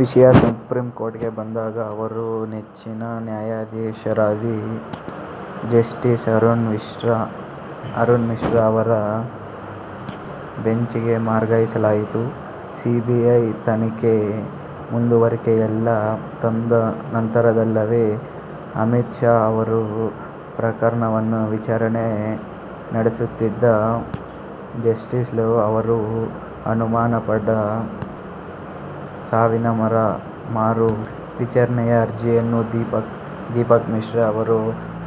ವಿಷಯ ಸುಪ್ರೀಂಕೋರ್ಟ್ಗೆ ಬಂದಾಗ ಅವರ ನೆಚ್ಚಿನ ನ್ಯಾಯಾಧೀಶರಾದ ಜಸ್ಟೀಸ್ ಅರುಣ್ ಮಿಶ್ರಾ ಅವರ ಬೆಂಚಿಗೇ ವರ್ಗಾಯಿಸಲಾಯಿತು. ಸಿಬಿಐ ತನಿಖೆ ಮುಂದುವರಿಯಲಿಲ್ಲ. ತದ ನಂತರದಲ್ಲೇ ಅಮಿತ್ ಶಾ ಅವರ ಪ್ರಕರಣವನ್ನು ವಿಚಾರಣೆ ನಡೆಸುತ್ತಿದ್ದ ಜಸ್ಟೀಸ್ ಲೋಯಾ ಅವರ ಅನುಮಾನಾಸ್ಪದ ಸಾವಿನ ಮರು ವಿಚಾರಣೆಯ ಅರ್ಜಿಯನ್ನು ದೀಪಕ್ ಮಿಶ್ರಾ ಅವರು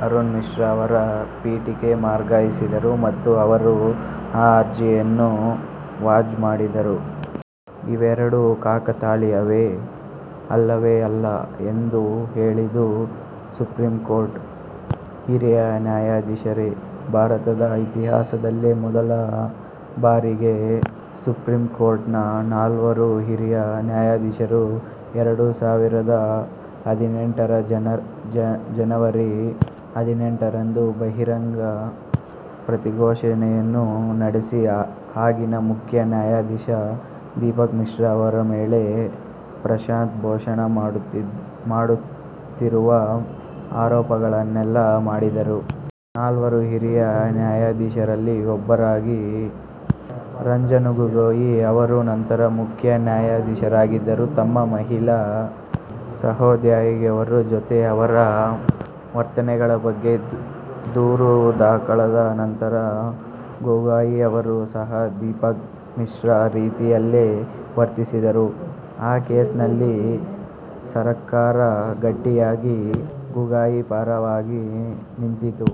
ಅರುಣ್ ಮಿಶ್ರಾ ಅವರ ಪೀಠಕ್ಕೆ ವರ್ಗಾಯಿಸಿದರು ಮತ್ತು ಅವರು ಆ ಅರ್ಜಿಯನ್ನು ವಜಾ ಮಾಡಿದರು. ಇವೆರಡೂ ಕಾಕತಾಳಿಯವೇ? ಅಲ್ಲವೇ ಅಲ್ಲ ಎಂದು ಹೇಳಿದ್ದು ಸುಪ್ರೀಂಕೋರ್ಟ್ನ ಹಿರಿಯ ನ್ಯಾಯಾಧೀಶರೇ.. ಭಾರತದ ಇತಿಹಾಸದಲ್ಲೇ ಮೊದಲ ಬಾರಿಗೆ ಸುಪ್ರೀಂಕೋರ್ಟ್ ನ ನಾಲ್ವರು ಹಿರಿಯ ನ್ಯಾಯಾಧೀಶರು ಎರಡು ಸಾವಿರದ ಹದಿನೆಂಟರ ಜನವರಿ ಹದಿನೆಂಟರಂದು ಬಹಿರಂಗ ಪತ್ರಿಕಾಗೋಷ್ಟಿಯನ್ನು ನಡೆಸಿ ಆಗಿನ ಮುಖ್ಯ ನ್ಯಾಯಾಧೀಶ ದೀಪಕ್ ಮಿಶ್ರಾ ಅವರ ಮೇಲೆ ಪ್ರಶಾಂತ್ ಭೂಷಣ್ ಮಾಡುತ್ತಿರುವ ಆರೋಪಗಳನ್ನೆಲ್ಲಾ ಮಾಡಿದ್ದರು. ನಾಲ್ವರು ಹಿರಿಯ ನ್ಯಾಯಾಧೀಶರಲ್ಲಿ ಒಬ್ಬರಾಗಿದ್ದ ರಂಜನ್ಗೊಗೋಯಿ ಅವರು ನಂತರ ಮುಖ್ಯ ನ್ಯಾಯಾಧೀಶರಾಗಿದ್ದರು. ತಮ್ಮ ಮಹಿಳಾ ಸಹೋದ್ಯೋಗಿಯೋರ್ವರ ಜೊತೆ ಅವರ ವರ್ತನೆಗಳ ಬಗ್ಗೆ ದೂರು ದಾಖಲಾದ ನಂತರ ಗೊಗೋಯಿ ಅವರೂ ಸಹ ದೀಪಕ್ ಮಿಶ್ರಾ ರೀತಿಯಲ್ಲೇ ವರ್ತಿಸಿದರು. ಆ ಕೇಸಿನಲ್ಲಿ ಸರಕಾರ ಗಟ್ಟಿಯಾಗಿ ಗೊಗೋಯಿ ಪರವಾಗಿ ನಿಂತಿತು.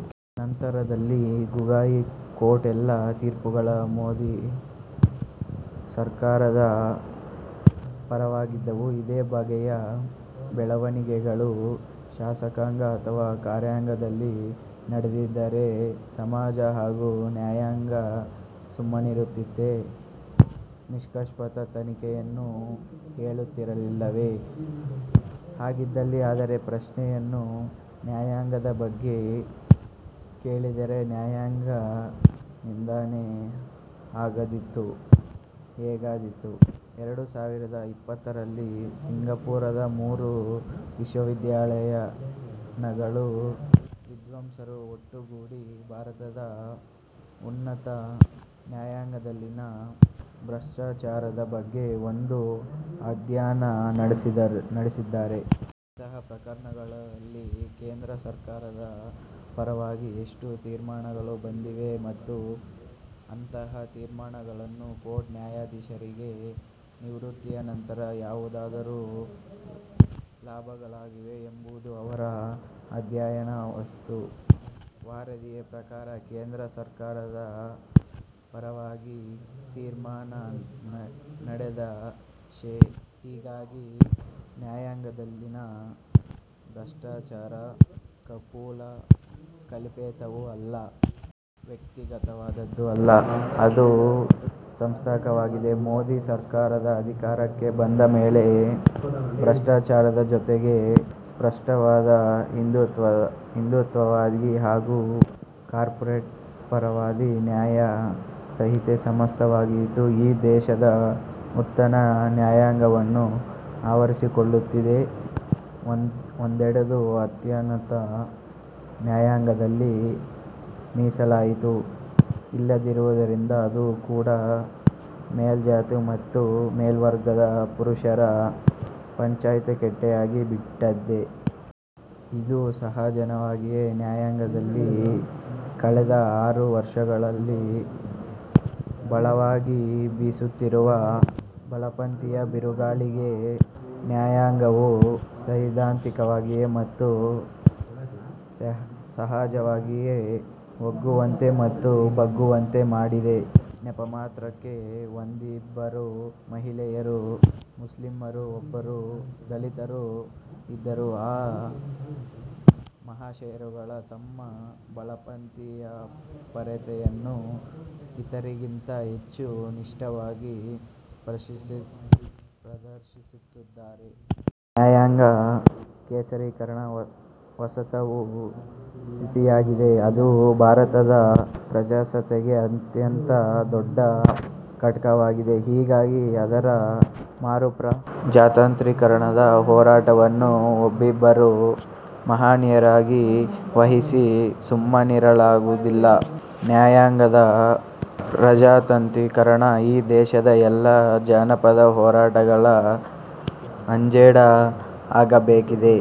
ನಂತರದಲ್ಲಿ ಗೊಗೋಯಿ ಕೊಟ್ಟ ಎಲ್ಲ ತೀರ್ಪುಗಳೂ ಮೋದಿ ಸರಕಾರದ ಪರವಾಗಿದ್ದವು. ಇದೇ ಬಗೆಯ ಬೆಳವಣಿಗೆಗಳು ಶಾಸಕಾಂಗ ಅಥವಾ ಕಾರ್ಯಾಂಗದಲ್ಲಿ ನಡೆದಿದ್ದರೆ ಸಮಾಜ ಹಾಗೂ ನ್ಯಾಯಾಂಗ ಸುಮ್ಮನಿರುತ್ತಿತ್ತೇ? ನಿಷ್ಪಕ್ಷಪಾತ ತನಿಖೆಯನ್ನು ಕೇಳುತ್ತಿರಲಿಲ್ಲವೇ? ಹಾಗಿದ್ದಲ್ಲಿ ಅದೇ ಪ್ರಶ್ನೆಯನ್ನು ನ್ಯಾಯಾಂಗದ ಬಗ್ಗೆ ಕೇಳಿದರೆ ನ್ಯಾಯಾಂಗ ನಿಂದನೆ ಹೇಗಾದೀತು? ಎರಡು ಸಾವಿರದ ಇಪ್ಪತ್ತರಲ್ಲಿ ಸಿಂಗಾಪೂರದ ಮೂರು ವಿಶ್ವವಿದ್ಯಾನಿಲಯಗಳ ವಿದ್ವಾಂಸರು ಒಟ್ಟುಗೂಡಿ ಭಾರತದ ಉನ್ನತ ನ್ಯಾಯಾಂಗದಲ್ಲಿನ ಭ್ರಷ್ಟಾಚಾರದ ಬಗ್ಗೆ ಒಂದು ಅಧ್ಯಯನ ನಡೆಸಿದ್ದಾರೆ. ಇಂತಹ ಪ್ರಕರಣಗಳಲ್ಲಿ ಕೇಂದ್ರ ಸರಕಾರದ ಪರವಾಗಿ ಎಷ್ಟು ತೀರ್ಮಾನಗಳು ಬಂದಿವೆ ಮತ್ತು ಅಂತಹ ತೀರ್ಮಾನಗಳನ್ನು ಕೊಟ್ಟ ನ್ಯಾಯಾಧೀಶರಿಗೆ ನಿವೃತ್ತಿಯ ನಂತರ ಯಾವುದಾದರೂ ಲಾಭಗಳಾಗಿವೆಯೇ ಎಂಬುದು ಅವರ ಅಧ್ಯಯನದ ವಸ್ತು.: ವರದಿಯ ಪ್ರಕಾರ ಕೇಂದ್ರ ಸರಕಾರದ ಪರವಾಗಿ ತೀರ್ಮಾನ ನೀಡಿದ ಶೇ. ಹೀಗಾಗಿ ನ್ಯಾಯಾಂಗದಲ್ಲಿನ ಭ್ರಷ್ಟಾಚಾರ ಕಪೋಲ ಕಲ್ಪಿತವೂ ಅಲ್ಲ. ವ್ಯಕ್ತಿಗತವಾದದ್ದೂ ಅಲ್ಲ. ಅದು ಸಾಂಸ್ಥಿಕವಾಗಿದೆ. ಮೋದಿ ಸರಕಾರ ಅಧಿಕಾರಕ್ಕೆ ಬಂದ ಮೇಲೆ ಭ್ರಷ್ಟಾಚಾರದ ಜೊತೆಗೆ ಸ್ಪಷ್ಟವಾದ ಹಿಂದೂತ್ವವಾದಿ ಹಾಗೂ ಕಾರ್ಪೊರೇಟ್ ಪರವಾದಿ ನ್ಯಾಯ ಸಂಹಿತೆ ಸಾಂಸ್ಥಿಕವಾಗಿಯೇ ಈ ದೇಶದ ಉನ್ನತ ನ್ಯಾಯಾಂಗವನ್ನು ಆವರಿಸಿಕೊಳ್ಳುತ್ತಿದೆ. ಒಂದೆಡೆ ಅತ್ಯುನ್ನತ ನ್ಯಾಯಾಂಗದಲ್ಲಿ ಮೀಸಲಾತಿಯೂ ಇಲ್ಲದಿರುವುದರಿಂದ ಅದೂ ಕೂಡಾ ಮೇಲ್ಜಾತಿ ಮತ್ತು ಮೇಲ್ವರ್ಗದ ಪುರುಷರ ಪಂಚಾಯತ್ಕಟ್ಟೆಯಾಗಿ ಬಿಟ್ಟಿದೆ. ಇದು ಸಹಜವಾಗಿಯೇ ನ್ಯಾಯಾಂಗದಲ್ಲಿ ಕಳೆದ ಆರು ವರ್ಷಗಳಲ್ಲಿ ಬಲವಾಗಿ ಬೀಸುತ್ತಿರುವ ಬಲಪಂಥೀಯ ಬಿರುಗಾಳಿಗೆ ನ್ಯಾಯಾಂಗವು ಸೈದ್ಧಾಂತಿಕವಾಗಿಯೇ ಮತ್ತು ಸಹಜವಾಗಿಯೇ ಒಗ್ಗುವಂತೆ ಮತ್ತು ಬಗ್ಗುವಂತೆ ಮಾಡಿದೆ. ನೆಪಮಾತ್ರಕ್ಕೆ ಒಂದಿಬ್ಬರು ಮಹಿಳೆಯರು, ಮುಸ್ಲಿಮರು, ಒಬ್ಬ ದಲಿತರು ಇದ್ದರೂ ಆ ಮಹಾಶಯರುಗಳು ತಮ್ಮ ಬಲಪಂಥೀಯಪರತೆಯನ್ನು ಇತರಿಗಿಂತ ಹೆಚ್ಚು ನಿಷ್ಟವಾಗಿ ಪ್ರದರ್ಶಿಸುತ್ತಿದ್ದಾರೆ. ನ್ಯಾಯಾಂಗದ ಕೇಸರೀಕರಣ ವಾಸ್ತವ ಸ್ಥಿತಿಯಾಗಿದೆ. ಅದು ಭಾರತದ ಪ್ರಜಾಸತ್ತೆಗೆ ಅತ್ಯಂತ ದೊಡ್ಡ ಕಂಟಕವಾಗಿದೆ. ಹೀಗಾಗಿ ಅದರ ಮರುಪ್ರಜಾತಾಂತ್ರೀಕರಣದ ಹೋರಾಟವನ್ನು ಒಬ್ಬಿಬ್ಬರು ಮಹನೀಯರಿಗೆ ವಹಿಸಿ ಸುಮ್ಮನಿರಲಾಗುವುದಿಲ್ಲ. ನ್ಯಾಯಾಂಗದ ಪ್ರಜಾತಾಂತ್ರೀಕರಣ ಈ ದೇಶದ ಎಲ್ಲಾ ಜನಪರ ಹೋರಾಟಗಳ ಅಜೆಂಡಾ ಆಗಬೇಕಿದೆ.